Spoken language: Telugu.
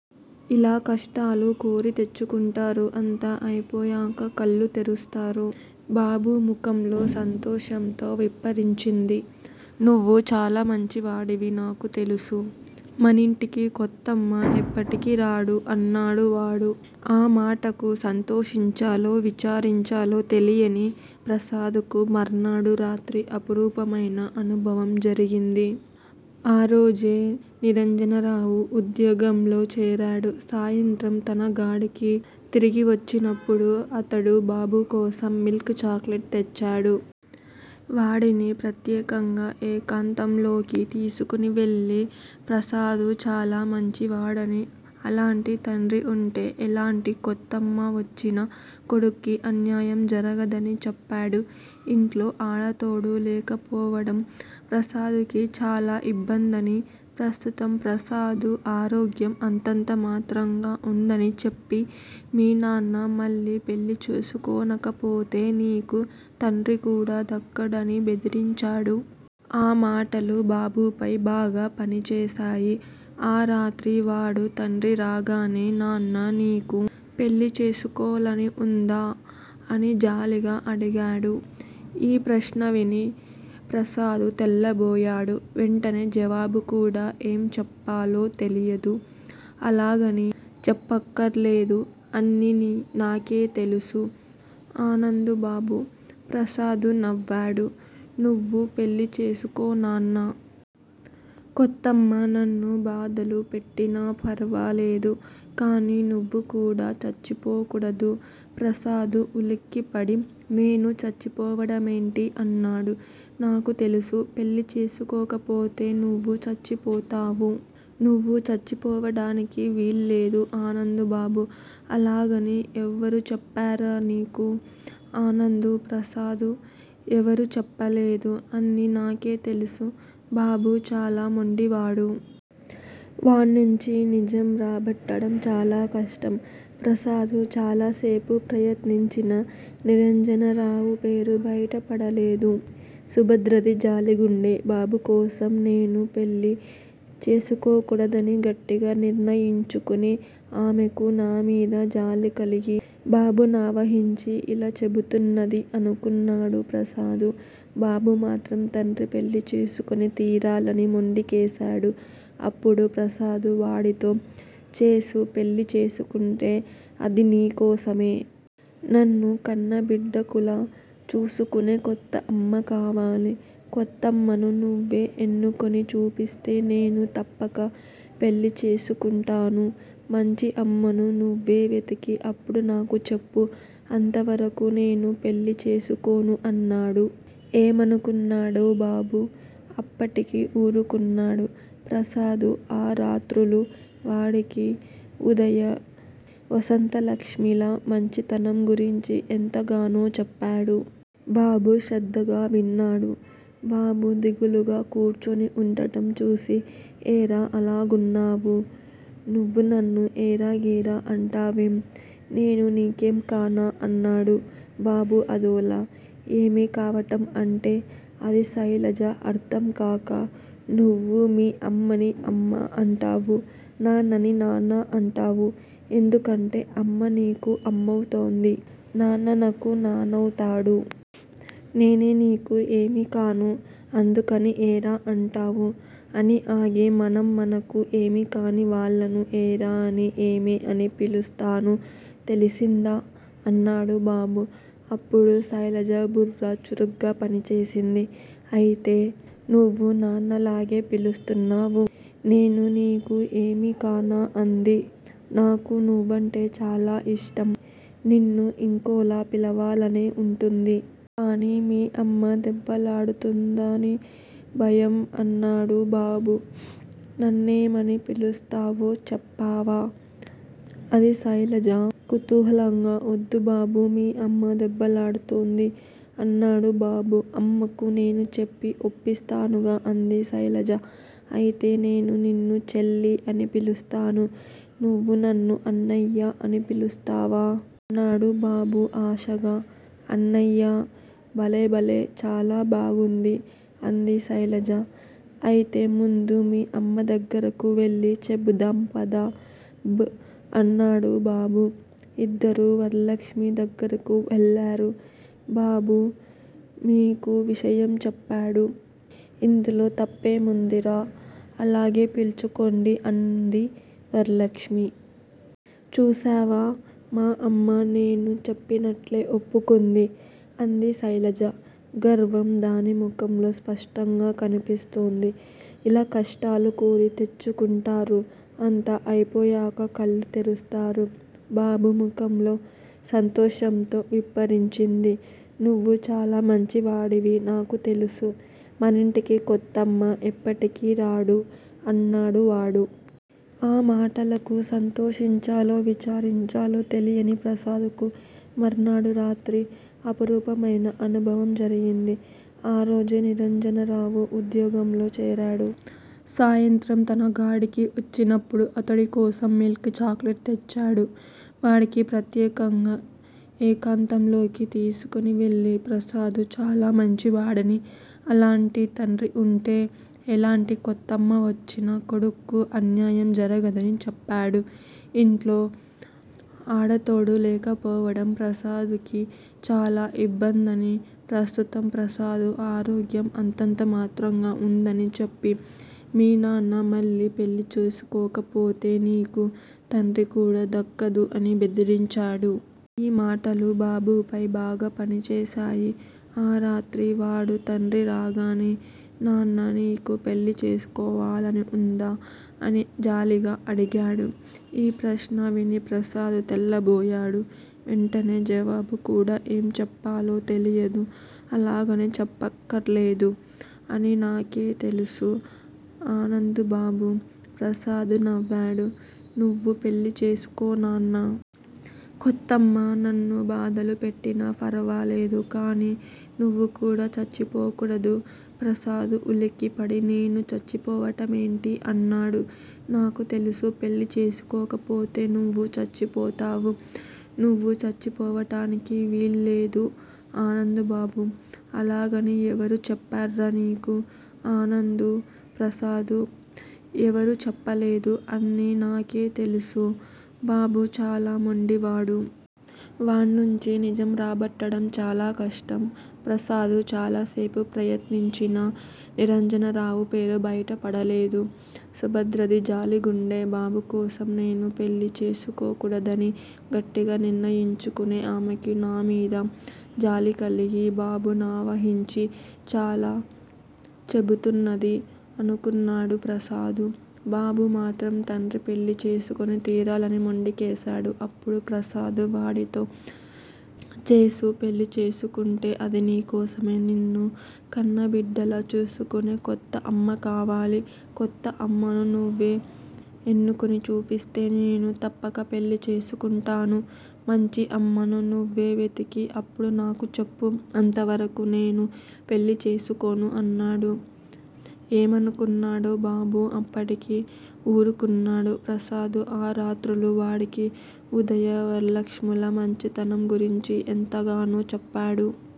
ఇలా కష్టాలు కోరి తెచ్చుకుంటారు అంతా అయిపోయాక కళ్లు తెరుస్తారు. బాబు ముఖంలో సంతోషంతో విప్పారించింది. నువ్వు చాలా మంచివాడివి నాకుతెలుసు. మనింటికి కొత్తమ్మ ఎప్పటికీరాడు అన్నాడువాడు. ఆ మాటలకు సంతోషంచాలో విచారించాలో తెలియని ప్రసాదుకు మర్నాడు రాత్రి అపురూపమైన అనుభవం జరిగింది. ఆ రోజే నిరంజనరావు ఉద్యోగంలో చేరాడు సాయంత్రం తన గాడికి తిరిగివచ్చినపుడు అతడు బాబుకోసం మిల్క్ చాక్లెట్ తెచ్చాడు. వాడిని ప్రత్యేకంగా ఏకాంతంలోనికి తీసుకునివెళ్ళి ప్రసాదుచాలా మంచివాడనీ అలాంటి తండ్రివుంటే ఎలాంటి కొత్తమ్మ వచ్చినా కొడుక్కు అన్యాయం జరుగుదనీ చెప్పాడు ఇంట్లో అడతోడు లేకపోవడం ప్రసాడుకి చాలా ఇమ్బ్బందిఅనీ, ప్రస్తుతం ప్రసాదు ఆరోగ్యం అంతంతమాత్రంగా వున్నదనీ చెప్పి, మీ నాన్న మళ్ళీ పెళ్ళిచేసుకొనక పొతేనీకు తండ్రికూడా దక్కదు అని బెదిరించాడు. ఆ మాటలు బాబుపై బాగాపనిచేశాయి. ఆరాత్రి వాడు తండ్రిరాగానే నాన్న నీకు పెళ్ళిచేసుకోలనివుందా? అని జాలిగా అడిగాడు. ఈప్రష్ణ విని ప్రసాదు తెల్లబోయాడు వెంటనే జవాబుకూడా ఏం చెప్పాలో తెలియదు. అలాగని చెప్పక్కర్లేదు అన్నీ నాకే తెలుసు ఆనందు బాబు. ప్రసాదు నవ్వాడు. నువ్వు పెళ్ళిచేసుకో నాన్నా! కొత్తమ్మ నన్ను బాధలుపెట్టినాఫరవాలేదు. కానీ నువ్వుకూడా చచ్చిపోకూడదు ప్రసాదు ఉలిక్కిపడి నేను చచ్చిపోవడమేమిటి? అన్నాడు. నాకు తెలుసు. పెళ్ళిచేసుకోపోతే నువ్వు చచ్చిపోతావు. నువ్వు చచ్చిపోవడానికి వీల్లేదు ఆనందు బాబు. అలాగని ఎవరు చెప్పర్రా నీకు? ఆనందు ప్రసాదు. ఎవరూ చెప్పలేదు. అన్నీ నాకే తెలుసు బాబు చాలా మెండివాడు. వాణ్ణించి నిజం రాబట్టడం చాలా కష్టం. ప్రసాదు చాలాసేపు ప్రయత్నించినా నిరంజనరావుపేరు బయటపడలేదు. సుభద్రది జాలి గుండె బాబుకోసం నేను పెళ్ళి చేసుకోకూడదని గట్టిగ నిర్ణయించుకునే ఆమెకు నామీద జాలికలిగి బాబునావహించి ఇలా చెబుతున్నది అనుకున్నాడు ప్రసాదు. బాబుమాత్రం తండ్రిపెళ్ళిచేసుకుని తీరాలని మొండికేసాడు అప్పుడు ప్రసాదు వాడితో చేసు పెళ్ళిచేసుకుంటే అదినీకోసమే. నిన్ను కన్నబిడ్డకులా చూసుకునే కొత్తఅమ్మకవాలి. కొత్తమ్మను నువ్వే ఎన్నుకుని చూపిస్తే నేను తప్పక పెళ్ళిచేసుకుంటాను. మంచి అమ్మను నువ్వేవెతికి అప్పుడు నాకుచెప్పు అంతవరకూ నేను పెళ్ళిచేసుకోను అన్నాడు. ఏమనుకున్నాడో బాబు అప్పటికి ఊరుకున్నాడు. ప్రసాదు ఆ రాత్రులూ వాడికి ఉదయ, వసంతలక్ష్మి ల మంచితనం గురించి ఎంతగానో చెప్పాడు. బాబు శ్రద్దగా విన్నాడు. బాబు దిగులుగా కూర్చుని ఉండంచూసి ఏరా అలాగున్నావు? నువ్వునన్ను ఏరాగిరా అంటావేం? నేనునీకేమీ కనా? అన్నాడు. బాబు అదోలా. ఏమీ కావడంఅంటే? అంది శైలజ అర్ధంకాక. నువ్వు మీమ్మని అమ్మాఅంటావు నాన్నని నాన్నా అంటావు ఎందుకంటే అమ్మనీకు అమ్మవుతుంది నాన్ననకు నాన్నవుతాడు. నేనేనీకు ఏమీకాను అందుకని ఏరా అంటావు అనిఆగి మనంమనకు ఏమీకాని వాళ్ళను ఏరా అనీ ఏమే అనీ పిలుస్తాను తెలిసిందా? అన్నాడు బాబు. అప్పుడు శైలజ బుర్ర చురుగ్గా పనిచేసింది అయితే నువ్వూనాన్నలాగే పిలుస్తున్నావు. నేనూనీకు ఏమీకానా? అంది. నాకునువ్వంటే చాలాఇష్టం. నిన్ను ఇంకోలాపిలవాలనే ఉంటుంది. కాని మీ అమ్మదెబ్బలాడుతుందనిభయం __ అన్నాడు బాబు. నన్నేమని పిలుస్తావో చెప్పావా? అంది శైలజ కుతుహాలంగా వద్దుబాబూ మీ అమ్మ దెబ్బలాడుతుంది __ అన్నాడు బాబు. అమ్మకు నేను చెప్పి ఒప్పిస్తానుగా అంది శైలజ. అయితే నేను నిన్ను చేల్లీఅని పిలుస్తాను. నువ్వు నన్ను అన్నయ్యా అని పులుస్తావా? అన్నాడు బాబు ఆశగా. అన్నయ్య __ భలేభలే చాలా బాగుంది. అంది శైలజ. అయితే ముందు మీ అమ్మదగ్గరకు వెళ్ళి చెబుదాం పద బ్ అన్నాడు బాబు. ఇద్దరూ వరలక్ష్మి దగ్గరకు వెళ్ళారు. బాబుమేకు విషయం చెప్పాడు. ఇందులో తప్పేముందిర్రా అలాగే పీల్చుకొండి అంది వరలక్ష్మి. చూశావా __ మా అమ్మ నేను చెప్పినట్లే ఒప్పుకుంది అంది శైలజ గర్వం దాని ముఖంలో స్పష్టంగా కనిపిస్తోంది. ఇలా కష్టాలు కోరి తెచ్చుకుంటారు అంతా అయిపోయాక కళ్లు తెరుస్తారు. బాబు ముఖంలో సంతోషంతో విప్పారించింది. నువ్వు చాలా మంచివాడివి నాకుతెలుసు. మనింటికి కొత్తమ్మ ఎప్పటికీరాడు అన్నాడువాడు. ఆ మాటలకు సంతోషంచాలో విచారించాలో తెలియని ప్రసాదుకు మర్నాడు రాత్రి అపురూపమైన అనుభవం జరిగింది. ఆ రోజే నిరంజనరావు ఉద్యోగంలో చేరాడు సాయంత్రం తన గాడికి తిరిగివచ్చినపుడు అతడు బకోసం మిల్క్ చాక్లెట్ తెచ్చాడు. వాడిని ప్రత్యేకంగా ఏకాంతంలోనికి తీసుకునివెళ్ళి ప్రసాదుచాలా మంచివాడనీ అలాంటి తండ్రివుంటే ఎలాంటి కొత్తమ్మ వచ్చినా కొడుక్కు అన్యాయం జరుగుదనీ చెప్పాడు ఇంట్లో అడతోడు లేకపోవడం ప్రసాడుకి చాలా ఇమ్బ్బందిఅనీ, ప్రస్తుతం ప్రసాదు ఆరోగ్యం అంతంతమాత్రంగా వున్నదనీ చెప్పి మీ నాన్న మళ్ళీ పెళ్ళిచేసుకొనక పొతేనీకు తండ్రికూడా దక్కదు అని బెదిరించాడు. ఈ మాటలు బాబుపై బాగాపనిచేశాయి. ఆరాత్రి వాడు తండ్రిరాగానే నాన్ననీకు పెళ్ళిచేసుకోలనివుందా? అని జాలిగా అడిగాడు. ఈప్రష్ణ విని ప్రసాదు తెల్లబోయాడు వెంటనే జవాబుకూడా ఏం చెప్పాలో తెలియదు. అలాగని చెప్పక్కర్లేదు అన్నీ నాకే తెలుసు ఆనందు బాబు. ప్రసాదు నవ్వాడు. నువ్వు పెళ్ళిచేసుకో నాన్నా! కొత్తమ్మ నన్ను బాధలుపెట్టినాఫరవాలేదు. కానీ నువ్వుకూడా చచ్చిపోకూడదు ప్రసాదు ఉలిక్కిపడి నేను చచ్చిపోవడమేమిటి? అన్నాడు. నాకు తెలుసు. పెళ్ళిచేసుకోపోతే నువ్వు చచ్చిపోతావు. నువ్వు చచ్చిపోవడానికి వీల్లేదు ఆనందు బాబు. అలాగని ఎవరు చెప్పర్రా నీకు? ఆనందు ప్రసాదు. ఎవరూ చెప్పలేదు. అన్నీ నాకే తెలుసు బాబు చాలా మెండివాడు. వాణ్ణించి నిజం రాబట్టడం చాలా కష్టం. ప్రసాదు చాలాసేపు ప్రయత్నించినా నిరంజనరావుపేరు బయటపడలేదు. సుభద్రది జాలి గుండె బాబుకోసం నేను పెళ్ళి చేసుకోకూడదని గట్టిగ నిర్ణయించుకునే ఆమెకు నామీద జాలికలిగి బాబునావహించి ఇలా చెబుతున్నది అనుకున్నాడు ప్రసాదు. బాబుమాత్రం తండ్రిపెళ్ళిచేసుకుని తీరాలని మొండికేసాడు అప్పుడు ప్రసాదు వాడితో __ చేసు పెళ్ళిచేసుకుంటే అదినీకోసమే. నిన్ను కన్నబిడ్డకులా చూసుకునే కొత్తఅమ్మకవాలి. కొత్తమ్మను నువ్వే ఎన్నుకుని చూపిస్తే నేను తప్పక పెళ్ళిచేసుకుంటాను. మంచి అమ్మను నువ్వేవెతికి అప్పుడు నాకుచెప్పు అంతవరకూ నేను పెళ్ళిచేసుకోను అన్నాడు. ఏమనుకున్నాడో బాబు అప్పటికి ఊరుకున్నాడు. ప్రసాదు ఆ రాత్రులూ వాడికి ఉదయ, వసంతలక్ష్మి ల మంచితనం గురించి ఎంతగానో చెప్పాడు.